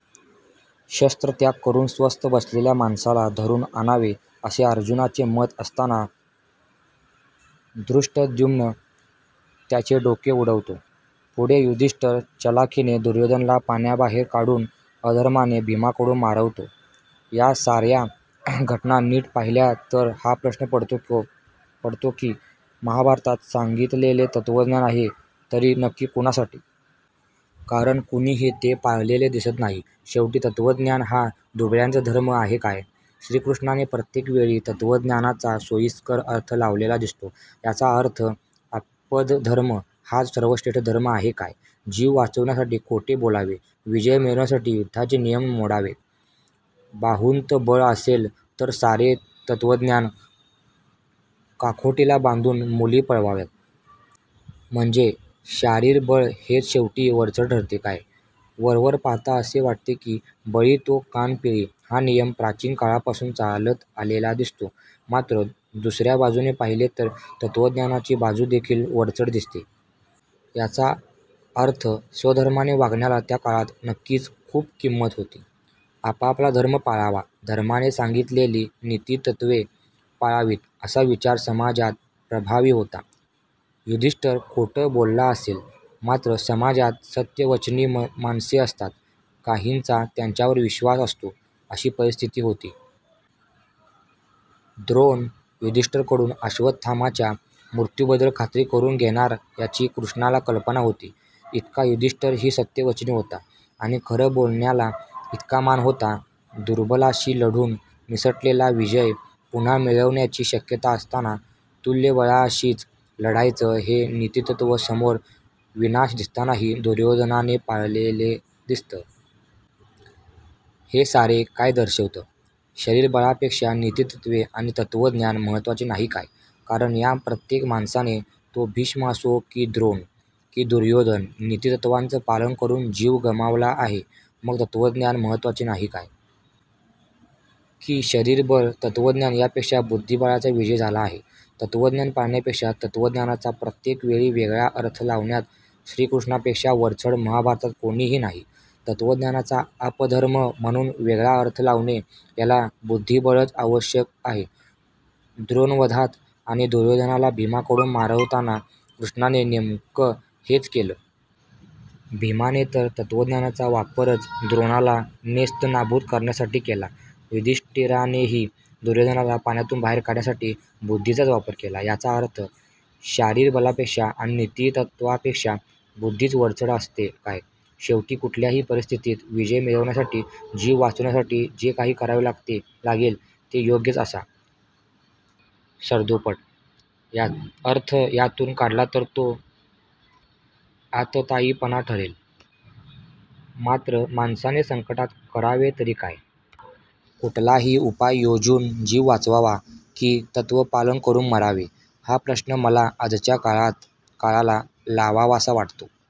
शस्त्रत्याग करुन स्वस्थ बसलेल्या माणसाला धरुन आणावे असे अर्जुनाचे मत असताना धृष्टद्युम्न त्याचे डोके उडवतो. पुढे युधिष्ठीर चलाखिने दुर्योधनाला पाण्याबाहेर काढुन अधर्माने भीमाकडुन मारवतो. या साऱ्या घटना नीट पाहिल्या तर हा प्रश्न पडतो को, पडतो की महाभारतात सांगितलेलं तत्वज्ञान आहे तरी नक्की कुणासाठी? कारण कुणीही ते पाळलेले दिसत नाही. शेवटी तत्वज्ञान हा दुबळ्यांचा धर्म आहे काय? श्रीकृष्णाने प्रत्येकवेळी तत्वज्ञानाचा सोयीस्कर अर्थ लावलेला दिसतो. याचा अर्थ आपदधर्म हाच सर्वश्रेष्ठ धर्म आहे काय? जीव वाचविण्यासाठी खोटे बोलावे, विजय मिळविण्यासाठी युद्धाचे नियम मोडावे, बाहुंत बळ असेल तर सारे तत्वज्ञान काखोटीला बांधुन मुली पळवाव्यात. म्हणजे शारीर बळ हेच शेवटी वरचढ ठरते काय? वरवर पाहता असे वाटते की, बळी तो कान पिळी, हा नियम प्राचिन काळापासुन चालत आलेला दिसतो. मात्र दुसऱ्या बाजुने पाहीले तर तत्वज्ञानाची बाजुदेखिल वरचढ दिसते. याचा अर्थ, स्वधर्माने वागण्याला त्या काळात नक्कीच खुप किंमत होती. आपापला धर्म पाळावा, धर्माने सांगितलेली नीतीत्त्वे पाळावीत, असा विचार समाजात प्रभावी होता. युधिष्ठीर खोटं बोलला असेल, मात्र समाजात सत्यवचनी मन माणसे असतात. काहींचा त्यांच्यावर विश्वास असतो अशी परिस्थीती होती. द्रोण युधिष्ठीराकडुन अश्वत्थाम्याच्या मृत्युबद्दल खात्री करुन घेणार, याची कृष्णाला कल्पना होती, इतका युधिष्ठीरही सत्यवचनी होता, आणि खरं बोलण्याला इतका मान होता. दुर्बलाशी लढुन निसटलेला विजय पुन्हा मिळण्याची शक्यता असताना, तुल्यबळाशीच लढायचं हे नीतीतत्व समोर विनाश दिसतानाही दुर्योधनाने पाळलेले दिसतं. हे सारं काय दर्शवतं? शारीरबळापेक्षा नीतीतत्वे आणि तत्वज्ञान महत्वाचे नाही काय? कारण या प्रत्येक माणसाने, तो भीष्म असो कि द्रोण कि दुर्योधन, नीतीतत्वाचं पालन करुन जीव गमावला आहे. मग तत्वज्ञान महत्वाचे नाही काय? कि शारिरीक बल, तत्वज्ञान यापेक्षा बुद्धीबलाचा विजय झाला आहे? तत्वज्ञान पाळण्यापेक्षा तत्वज्ञानाचा प्रत्येक वेळी वेगळा अर्थ लावण्यात श्रीकृष्णापेक्षा वरचढ महाभारतात कुणीही नाही. तत्वज्ञानाचा आपद्धर्म म्हणुन वेगळा अर्थ लावणे याला बुद्धीबलच आवश्यक आहे. द्रोणवधात आणि दुर्योधनाला भीमाकडुन मारवताना कृष्णाने नेमकं हेच केलं. भीमाने तर तत्वज्ञानाचा वापरच द्रोणाला नेस्तनाबुत करण्यासाठी केला. युधिष्ठीरानेही दुर्योधनाला पाण्यातुन बाहेर काढण्यासाठी बुद्धीचाच वापर केला. याचा अर्थ शारीर बलापेक्षा आणि नीतीत्वापेक्षा बुद्धीच वरचढ असते काय? शेवटी कुठल्याही परिस्थीतीत विजय मिळविण्यासाठी, जीव वाचविण्यासाठी जे काही करावे लागते, लागेल ते योग्यच असा, सरधोपट यात अर्थ यातुन काढला तर तो आततायिपणा ठरेल. मात्र माणसाने संकटात करावे तरी काय? कुठलाही उपाय योजुन जीव वाचवावा? कि तत्वपालन करुन मरावे? हा प्रश्न मला आजच्या काळात काळाला लावावासा वाटतो.